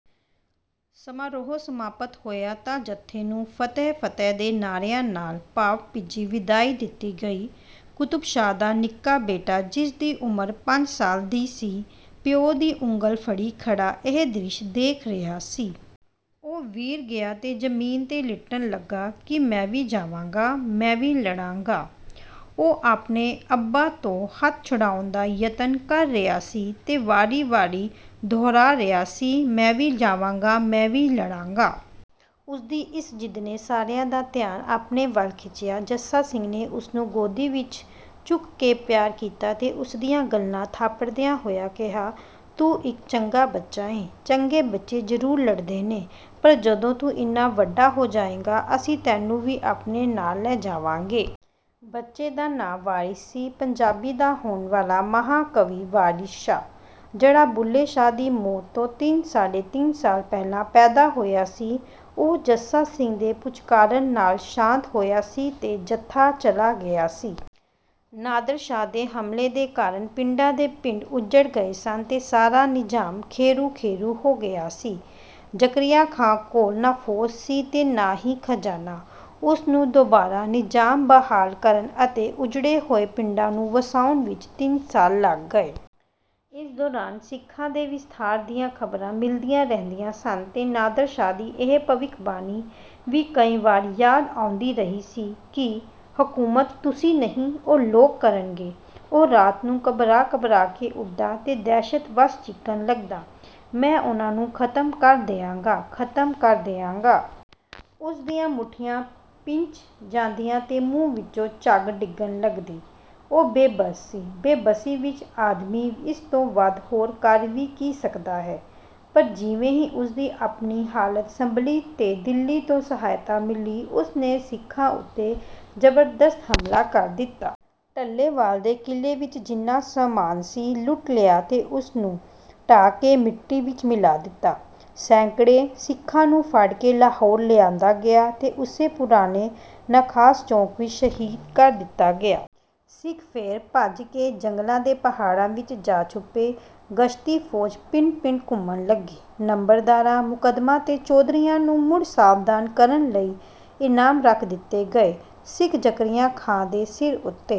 ਸਮਾਰੋਹ ਸਮਾਪਤ ਹੋਇਆ ਤਾਂ ਜੱਥੇ ਨੂੰ "ਫਤਹਿ-ਫਤਹਿ" ਦੇ ਨਾਅਰਿਆਂ ਨਾਲ ਭਾਵ-ਭਿੱਜੀ ਵਿਦਾਈ ਦਿੱਤੀ ਗਈ। ਕੁਤਬ ਸ਼ਾਹ ਦਾ ਨਿੱਕਾ ਬੇਟਾ, ਜਿਸਦੀ ਉਮਰ ਪੰਜ ਸਾਲ ਦੀ ਸੀ, ਪਿਓ ਦੀ ਉਂਗਲ ਫੜੀ ਖੜ੍ਹਾ ਇਹ ਦ੍ਰਿਸ਼ ਦੇਖ ਰਿਹਾ ਸੀ। ਉਹ ਵੀਰ ਗਿਆ ਤੇ ਜਮੀਨ ਤੇ ਲਿੱਟਣ ਲੱਗਾ ਕਿ "ਮੈਂ ਵੀ ਜਾਵਾਂਗਾ, ਮੈਂ ਵੀ ਲੜਾਂਗਾ।" ਉਹ ਆਪਣੇ ਅੱਬਾ ਤੋਂ ਹੱਥ ਛੁਡਾਉਣ ਦਾ ਯਤਨ ਕਰ ਰਿਹਾ ਸੀ ਤੇ ਵਾਰੀ-ਵਾਰੀ ਦੁਹਰਾ ਰਿਹਾ ਸੀ, "ਮੈਂ ਵੀ ਜਾਵਾਂਗਾ, ਮੈਂ ਵੀ ਲੜਾਂਗਾ।" ਉਸਦੀ ਇਸ ਜਿੱਦ ਨੇ ਸਾਰਿਆਂ ਦਾ ਧਿਆਨ ਆਪਣੇ ਵੱਲ ਖਿੱਚਿਆ। ਜੱਸਾ ਸਿੰਘ ਨੇ ਉਸਨੂੰ ਗੋਦੀ ਵਿੱਚ ਚੁੱਕ ਕੇ ਪਿਆਰ ਕੀਤਾ ਤੇ ਉਸਦੀਆਂ ਗੱਲਾਂ ਥਾਪੜਦਿਆਂ ਹੋਇਆਂ ਕਿਹਾ, "ਤੂੰ ਇੱਕ ਚੰਗਾ ਬੱਚਾ ਏਂ। ਚੰਗੇ ਬੱਚੇ ਜ਼ਰੂਰ ਲੜਦੇ ਨੇ, ਪਰ ਜਦੋਂ ਤੂੰ ਇੰਨਾ ਵੱਡਾ ਹੋ ਜਾਏਂਗਾ, ਅਸੀਂ ਤੈਨੂੰ ਵੀ ਆਪਣੇ ਨਾਲ ਲੈ ਜਾਵਾਂਗੇ।" ਬੱਚੇ ਦਾ ਨਾਂ ਵਾਰਿਸ ਸੀ, ਪੰਜਾਬੀ ਦਾ ਹੋਣ ਵਾਲਾ ਮਹਾਂਕਵੀ ਵਾਰਿਸ ਸ਼ਾਹ, ਜਿਹੜਾ ਬੁੱਲ੍ਹੇ ਸ਼ਾਹ ਦੀ ਮੌਤ ਤੋਂ ਤਿੰਨ-ਸਾਢੇ ਤਿੰਨ ਸਾਲ ਪਹਿਲਾਂ ਪੈਦਾ ਹੋਇਆ ਸੀ। ਉਹ ਜੱਸਾ ਸਿੰਘ ਦੇ ਪੁਚਕਾਰਨ ਨਾਲ ਸ਼ਾਂਤ ਹੋਇਆ ਸੀ ਤੇ ਜੱਥਾ ਚਲਾ ਗਿਆ ਸੀ। ਨਾਦਰ ਸ਼ਾਹ ਦੇ ਹਮਲੇ ਦੇ ਕਾਰਨ ਪਿੰਡਾਂ ਦੇ ਪਿੰਡ ਉੱਜੜ ਗਏ ਸਨ ਤੇ ਸਾਰਾ ਨਿਜ਼ਾਮ ਖੇਰੂ-ਖੇਰੂ ਹੋ ਗਿਆ ਸੀ। ਜ਼ਕਰੀਆ ਖਾਂ ਕੋਲ ਨਾ ਫੌਜ ਸੀ ਤੇ ਨਾ ਹੀ ਖਜਾਨਾ। ਉਸਨੂੰ ਦੁਬਾਰਾ ਨਿਜ਼ਾਮ ਬਹਾਲ ਕਰਨ ਅਤੇ ਉੱਜੜੇ ਹੋਏ ਪਿੰਡਾਂ ਨੂੰ ਵਸਾਉਣ ਵਿੱਚ ਤਿੰਨ ਸਾਲ ਲੱਗ ਗਏ। ਇਸ ਦੌਰਾਨ ਸਿੱਖਾਂ ਦੇ ਵਿਸਥਾਰ ਦੀਆਂ ਖ਼ਬਰਾਂ ਮਿਲਦੀਆਂ ਰਹਿੰਦੀਆਂ ਸਨ ਤੇ ਨਾਦਰ ਸ਼ਾਹ ਦੀ ਇਹ ਭਵਿੱਖਬਾਣੀ ਵੀ ਕਈ ਵਾਰੀ ਯਾਦ ਆਉਂਦੀ ਰਹੀ ਸੀ ਕਿ "ਹਕੂਮਤ ਤੁਸੀਂ ਨਹੀਂ, ਉਹ ਲੋਕ ਕਰਨਗੇ।" ਉਹ ਰਾਤ ਨੂੰ ਘਬਰਾ-ਘਬਰਾ ਕੇ ਉੱਠਦਾ ਤੇ ਦਹਿਸ਼ਤ ਵੱਸ ਚੀਕਣ ਲੱਗਦਾ, "ਮੈਂ ਉਹਨਾਂ ਨੂੰ ਖ਼ਤਮ ਕਰ ਦਿਆਂਗਾ, ਖ਼ਤਮ ਕਰ ਦਿਆਂਗਾ।" ਉਸਦੀਆਂ ਮੁੱਠੀਆਂ ਭਿੰਚ ਜਾਂਦੀਆਂ ਤੇ ਮੂੰਹ ਵਿੱਚੋਂ ਝੱਗ ਡਿੱਗਣ ਲੱਗਦੀ। ਉਹ ਬੇਵੱਸ ਸੀ। ਬੇਵੱਸੀ ਵਿੱਚ ਆਦਮੀ ਇਸ ਤੋਂ ਵੱਧ ਹੋਰ ਕਰ ਵੀ ਕੀ ਸਕਦਾ ਹੈ? ਪਰ ਜਿਵੇਂ ਹੀ ਉਸਦੀ ਆਪਣੀ ਹਾਲਤ ਸੰਭਲੀ ਤੇ ਦਿੱਲੀ ਤੋਂ ਸਹਾਇਤਾ ਮਿਲੀ, ਉਸਨੇ ਸਿੱਖਾਂ ਉੱਤੇ ਜ਼ਬਰਦਸਤ ਹਮਲਾ ਕਰ ਦਿੱਤਾ। ਡੱਲੇਵਾਲ ਦੇ ਕਿਲੇ ਵਿੱਚ ਜਿੰਨਾ ਸਾਮਾਨ ਸੀ, ਲੁੱਟ ਲਿਆ ਤੇ ਉਸਨੂੰ ਢਾਹ ਕੇ ਮਿੱਟੀ ਵਿੱਚ ਮਿਲਾ ਦਿੱਤਾ। ਸੈਂਕੜੇ ਸਿੱਖਾਂ ਨੂੰ ਫੜ ਕੇ ਲਾਹੌਰ ਲਿਆਂਦਾ ਗਿਆ ਤੇ ਉਸੇ ਪੁਰਾਣੇ ਨਖਾਸ ਚੌਂਕ ਵਿੱਚ ਸ਼ਹੀਦ ਕਰ ਦਿੱਤਾ ਗਿਆ। ਸਿੱਖ ਫੇਰ ਭੱਜ ਕੇ ਜੰਗਲਾਂ ਤੇ ਪਹਾੜਾਂ ਵਿੱਚ ਜਾ ਛੁਪੇ। ਗਸ਼ਤੀ-ਫੌਜ ਪਿੰਡ-ਪਿੰਡ ਘੁੰਮਣ ਲੱਗੀ। ਨੰਬਰਦਾਰਾਂ, ਮੁਕੱਦਮਾਂ ਤੇ ਚੌਧਰੀਆਂ ਨੂੰ ਮੁੜ ਸਾਵਧਾਨ ਕਰਨ ਲਈ ਇਨਾਮ ਰੱਖ ਦਿੱਤੇ ਗਏ। ਸਿੱਖ ਜ਼ਕਰੀਆ ਖਾਂ ਦੇ ਸਿਰ ਉੱਤੇ